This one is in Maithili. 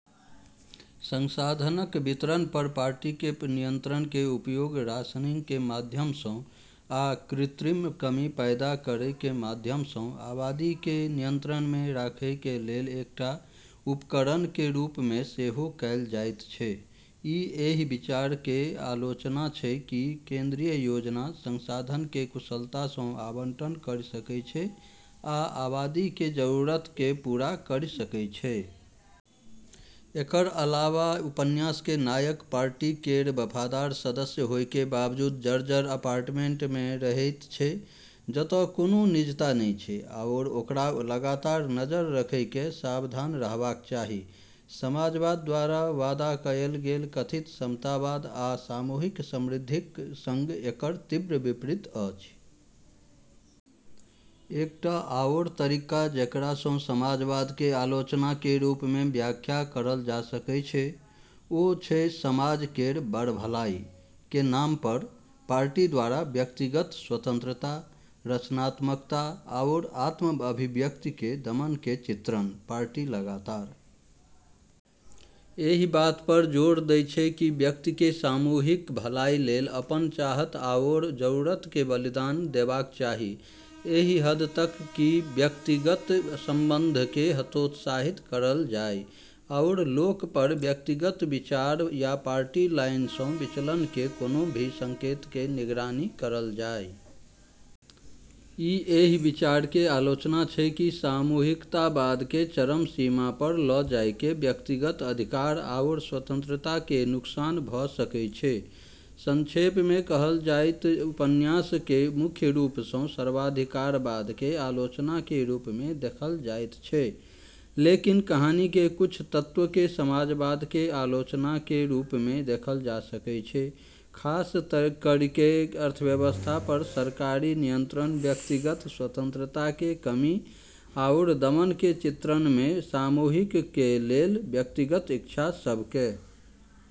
संसाधनक वितरण पर पार्टीके नियंत्रणके उपयोग राशनिंगके माध्यमसँ, आ कृत्रिम कमी पैदा करैके माध्यमसँ, आबादीके नियंत्रणमे राखैके लेल एकटा उपकरणके रूपमे सेहो कैल जाइत छै । ई एहि विचारके आलोचना छै कि केंद्रीय योजना संसाधनके कुशलतासँ आवंटन करि सकै छै आ आबादीके जरूरतके पूरा करि सकै छै । एकर अलावा उपन्यासके नायक पार्टी केर वफादार सदस्य होइके बावजूद जर्जर अपार्टमेंटमे रहैत छै, जतऽ कोनो निजता नै छै, आओर ओकरा लगातार नजर रखैके सावधान रहबाक चाही । समाजवाद द्वारा वादा कयल गेल कथित समतावाद आ सामूहिक समृद्धिक सङ्ग एकर तीव्र विपरीत अछि। एकटा आओर तरीका जेकरासँ समाजवादके आलोचनाके रूपमे व्याख्या करल जा सकै छै, ओ छै समाज केर "बड़ भलाई" के नाम पर, पार्टी द्वारा व्यक्तिगत स्वतंत्रता, रचनात्मकता आओर आत्म-अभिव्यक्तिके दमनके चित्रण। पार्टी लगातार एहि बात पर जोर दै छै कि व्यक्तिके सामूहिक भलाई लेल अपन चाहत आओर जरूरत के बलिदान देबाक चाही, एहि हद तक कि व्यक्तिगत संबंधके हतोत्साहित करल जाइ, आओर लोक पर व्यक्तिगत विचार या पार्टी लाइनसँ विचलनके कोनो भी संकेतके निगरानी करल जाइ । ई एहि विचारके आलोचना छै कि सामूहिकतावादके चरम सीमा पर ल' जाइके व्यक्तिगत अधिकार आओर स्वतंत्रताके नुकसान भ' सकै छै। संक्षेपमे कहल जाइ त' उपन्यासके मुख्य रूपसँ सर्वाधिकारवादके आलोचनाके रूपमे देखल जाइत छै, लेकिन कहानीके कुछ तत्वके समाजवादके आलोचनाके रूपमे देखल जा सकै छै, खास करिके अर्थव्यवस्था पर सरकारी नियंत्रण, व्यक्तिगत स्वतंत्रताके कमी, आओर दमनके चित्रणमे सामूहिकके लेल व्यक्तिगत इच्छा सबके ।